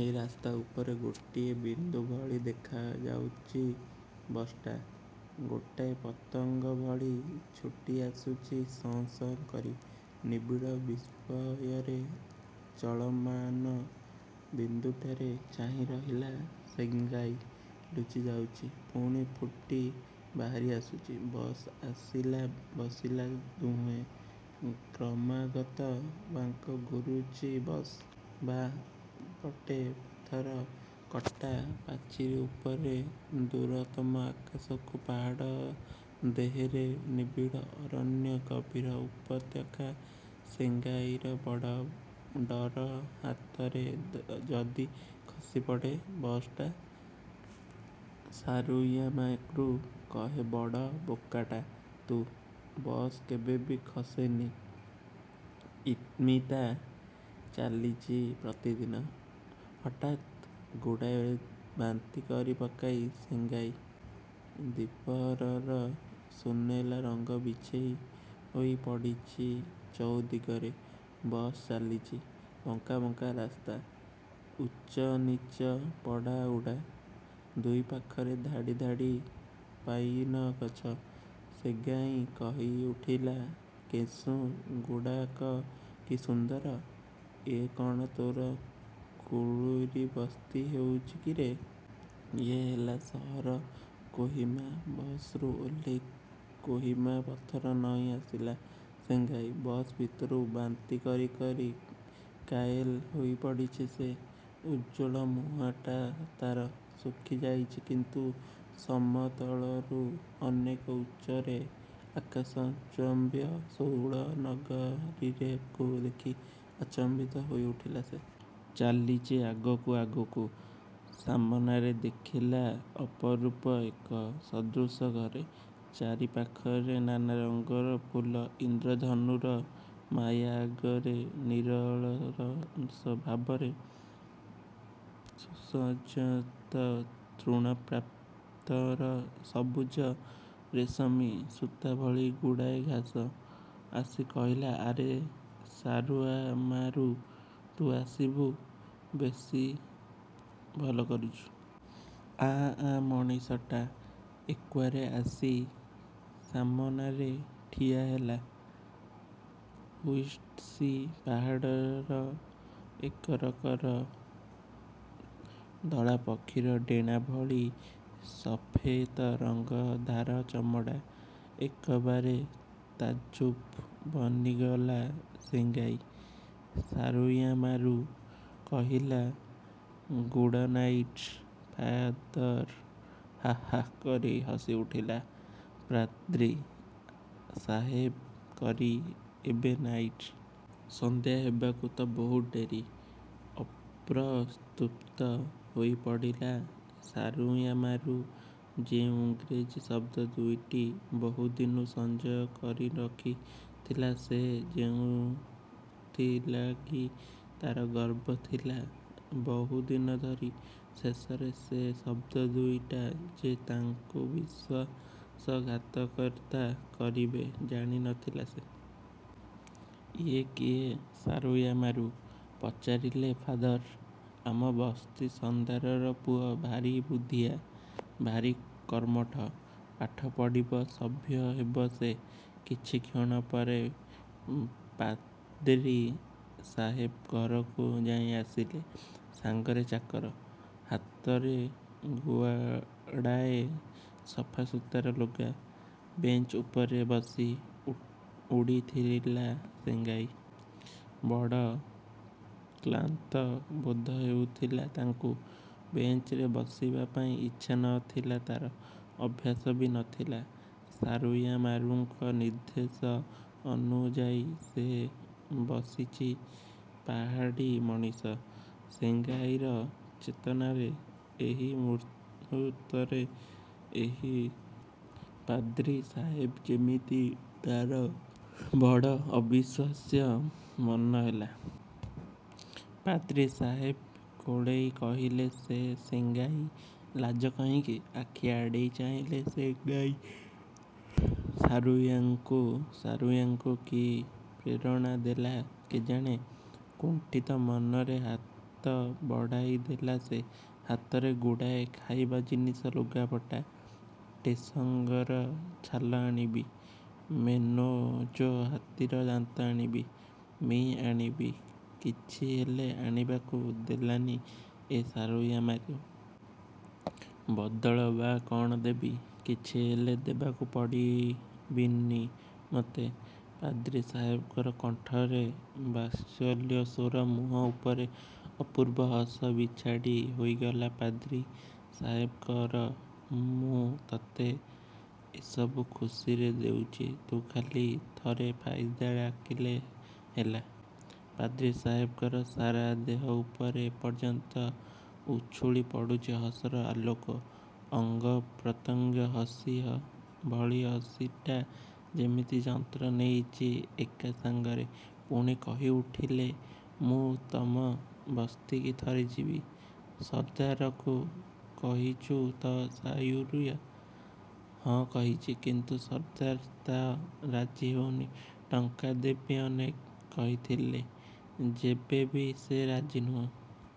ଏ ରାସ୍ତା ଉପରେ ଗୋଟିଏ ବିନ୍ଦୁ ଭଳି ଦେଖାଯାଉଚି ବସ୍ଟା। ଗୋଟାଏ ପତଙ୍ଗ ଭଳି ଛୁଟିଆସୁଛି ସଁ ସଁ କରି। ନିବିଡ଼ ବିସ୍ମୟରେ ଚଳମାନ ବିନ୍ଦୁଟାକୁ ଚାହିଁ ରହିଲା ସେଙ୍ଗାଇ। ଲୁଚି ଯାଉଚି, ପୁଣି ଫୁଟି ବାହାରି ଆସୁଚି। ବସ୍ ଆସିଲା, ବସିଲେ ଦୁହେଁ। କ୍ରମାଗତ ବାଙ୍କ ଘୁରୁଚି ବସ୍। ବାଁ ପଟେ ପଥର କଟା ପାଚିରୀ ଉଠିଚି ଦୂରତମ ଆକାଶକୁ। ପାହାଡ଼ ଦେହରେ ନିବିଡ଼ ଅରଣ୍ୟ, ଗଭୀର ଉପତ୍ୟକା। ସେଙ୍ଗାଇର ବଡ଼ ଡ଼ର, ଖାତରେ ଯଦି ଖସିପଡ଼େ ବସ୍ଟା। ସାରୁୟାମାରୁ କହେ ବଡ଼ ବୋକାଟା ତୁ। ବସ କେବେବି ଖସେନା, ଇମିତି ଚାଲିଚି ପ୍ରତିଦିନ। ହଠାତ୍ ଗୁଡ଼ାଏ ବାନ୍ତି କରି ପକାଇଲା ସେଙ୍ଗାଇ। ଦିପହରର ସୁନେଲା ରଙ୍ଗ ବିଛେଇ ହୋଇ ପଡ଼ିଛି ଚଉଦିଗରେ। ବସ୍ ଚାଲିଚି। ବଙ୍କା ବଙ୍କା ରାସ୍ତା। ଉଚ୍ଚନୀଚ, ପଡ଼ା ଉଠା। ଦୁଇ ପାଖରେ ଧାଡ଼ି ଧାଡ଼ି ପାଇନଗଛ। ସେଙ୍ଗାଇ କହିଉଠିଲା କେସୁଂ ଗୁଡ଼ାକ କି ସୁନ୍ଦର। ଏଇ କ'ଣ ତୋର କୁଲୁରୀ ବସ୍ତି ହୋଇଚି କିରେ! ଇଏ ହେଲା ସହର କୋହିମା। ବସରୁ ଓହ୍ଲେଇ କୋହିମା ପଥରେ ନଇଁ ଆସିଲା ସେଙ୍ଗାଇ। ବସ ଭିତରେ ବାନ୍ତି କରି କରି କାଏଲ୍ ହୋଇପଡ଼ିଛି ସେ। ଉଜ୍ଜ୍ୱଳ ମୁହଁଟା ତାର ଶୁଖିଯାଇଛି କିନ୍ତୁ ସମତଳରୁ ଅନେକ ଉଚ୍ଚରେ ଆକାଶଶ୍ଚମ୍ବୀ ଶୈଳନଗରୀକୁ ଦେଖି ଆଚମ୍ବିତ ହୋଇଉଠିଥିଲା ସେ। ଚାଲିଚି ଆଗକୁ ଆଗକୁ। ସାମନାରେ ଦେଖିଲା ଅପରୂପ ଏକ ସଦୃଶ ଘର। ଚାରିପାଖରେ ନାନା ରଙ୍ଗର ଫୁଲ। ଇନ୍ଦ୍ରଧନୁର ମାୟା। ଆଗରେ ନିରଳସ ଭାବରେ ସୁସଜ୍ଜିତ ତୃଣପ୍ରାନ୍ତର। ସବୁଜ ରେଶମ ସୂତା ଭଳି ଗୁଡ଼ାଏ ଘାସ। ଆସି କହିଲା ଆରେ ସାରୁଆମାରୁ! ତୁ ଆସିଚୁ? ବେଶ ଭଲ କରିଚୁ। ଆ ଆ। ମଣିଷଟା ଏକ୍ବାରେ ଆସି ସାମନାରେ ଠିଆହେଲା। ହୁଇସ୍ଟସି ପାହାଡ଼ର ଏକରକମ ଧଳା ପକ୍ଷୀର ଡ଼େଣା ଭଳି ସଫେତ ରଙ୍ଗ ତାର ଚମଡ଼ା। ଏକବାରେ ତାଜୁବ ବନିଗଲା ସେଙ୍ଗାଇ। ସାରୁୟାମାରୁ କହିଲା ଗୁଡ଼ନାଇଟ୍ ଫାଦର। ହାଁ ହାଁ କରି ହସିଉଠିଲେ ପାଦ୍ରୀ ସାହେବ କିରେ ଏବେ ନାଇଟ! ସନ୍ଧ୍ୟା ହେବାକୁ ତ ବହୁତ ଡେରି! ଅପ୍ରସ୍ତୁତ ହୋଇପଡ଼ିଲା ସାରୁୟାମାରୁ। ଯେଉଁ ଇଂରେଜୀ ଶବ୍ଦ ଦୁଇଟି ବହୁଦିନୁ ସଞ୍ଚୟ କରିରଖିଥିଲା ସେ, ଯେଉଁଥିଲାଗି ତାର ଗର୍ବ ଥିଲା ବହୁଦିନ ଧରି, ଶେଷରେ ସେ ଶବ୍ଦ ଦୁଇଟା ଯେ ତାକୁ ବିଶ୍ୱାସଘାତକତା କରିବେ ଜାଣି ନଥିଲା ସେ। ଇଏ କିଏ ସାରୁୟାମାରୁ! ପଚାରିଲେ ଫାଦର। ଆମ ବସ୍ତି ସର୍ଦ୍ଦାରର ପୁଅ। ଭାରି ବୁଦ୍ଧିଆ, ଭାରି କର୍ମଠ। ପାଠ ପଢ଼ିବ, ସଭ୍ୟ ହେବ ସେ। କିଛିକ୍ଷଣ ପରେ ପାଦ୍ରୀ ସାହେବ ଘରକୁ ଯାଇ ଆସିଲେ। ସାଙ୍ଗରେ ଚାକର। ହାତରେ ଗୁଡ଼ାଏ ସଫାସୁତୁରା ଲୁଗା। ବେଞ୍ଚ ଉପରେ ବସି ପଡ଼ିଥିଲା ସେଙ୍ଗାଇ। ବଡ଼ କ୍ଳାନ୍ତ ବୋଧ ହେଉଥିଲା ତାକୁ। ବେଞ୍ଚରେ ବସିବା ପାଇଁ ଇଚ୍ଛା ନ ଥିଲା ତାର। ଅଭ୍ୟାସ ବି ନ ଥିଲା। ସାରୁୟାମାରୁଙ୍କ ନିର୍ଦ୍ଦେଶ ଅନୁଯାୟୀ ସେ ବସିଚି। ପାହାଡ଼ୀ ମଣିଷ ସେଙ୍ଗାଇର ଚେତନାରେ ଏହି ମୁହୂର୍ତ୍ତରେ ଏହି ପାଦ୍ରୀ ସାହେବ ଯେମିତି ତାର ବଡ଼ ଅବିଶ୍ୱାସ୍ୟ ମନେ ହେଲା। ପାଦ୍ରୀ ସାହେବ କୋଳେଇ କହିଲେ ନେ ସେଙ୍ଗାଇ, ଲାଜ କାହିଁକି? ଆଖି ଆଡ଼େଇ ଚାହିଁଲା ସେଙ୍ଗାଇ ସାରୁୟାକୁ। ସାରୁୟାକୁ କି ପ୍ରେରଣାଦେଲା କେଜାଣି, କୁଣ୍ଠିତ ମନରେ ହାତ ବଢ଼ାଇ ଦେଲା ସେ। ହାତରେ ଗୁଡ଼ାଏ ଖାଇବା ଜିନିଷ, ଲୁଗାପଟା। ଟେସଙ୍ଗର ଛାଲ ଆଣିବି, ମେନଜୋ ହାତୀର ଦାନ୍ତ ଆଣିବି, ମି ଆଣିବି କିଛି ହେଲେ ଆଣିବାକୁ ଦେଲାନି ଏ ସାରୁୟାମାରୁ। ବଦଳ ବା କ'ଣ ଦେବି? ''କିଛି ହେଲେ ଦେବାକୁ ପଡ଼ିବିନି ମତେ'' ପାଦ୍ରୀ ସାହେବଙ୍କ କଣ୍ଠରେ ବାତ୍ସଲ୍ୟସ୍ୱର। ମୁହଁ ଉପରେ ଅପୂର୍ବ ହସ ବିଛାଡ଼ି ହୋଇଗଲା ପାଦ୍ରୀ ସାହେବଙ୍କର। ମୁଁ ତତେ ଏସବୁ ଖୁସିରେ ଦେଉଚି, ତୁ ଖାଲି ଥରେ ଫାଦର ଡାକିଲେ ହେଲା। ପାଦ୍ରୀ ସାହେବଙ୍କ ସାରା ଦେହ ଉପରେ ଏପର୍ଯ୍ୟନ୍ତ ଉଛୁଳି ଉଠୁଥିଲା ହସର ଆଲୋକ। ଅଙ୍ଗପ୍ରତ୍ୟଙ୍ଗ ଭଳି ହସଟା ଯେମିତି ଜନ୍ମ ନେଇଚି ଏକା ସାଙ୍ଗରେ। ପୁଣି କହିଉଠଲେ, ''ମୁଁ ତମ ବସ୍ତିକି ଥରେ ଯିବି, ସର୍ଦ୍ଦାରକୁ କହିଚୁ ତ ସାରୁୟା!'' ହଁ କହିଚି, କିନ୍ତୁ ସର୍ଦ୍ଦାର ତ ରାଜି ହେଉନି। ଟଙ୍କା ଦେବି ଅନେକ। କହିଥିଲି। ତେବେ ବି ସେ ରାଜି ନୁହେଁ।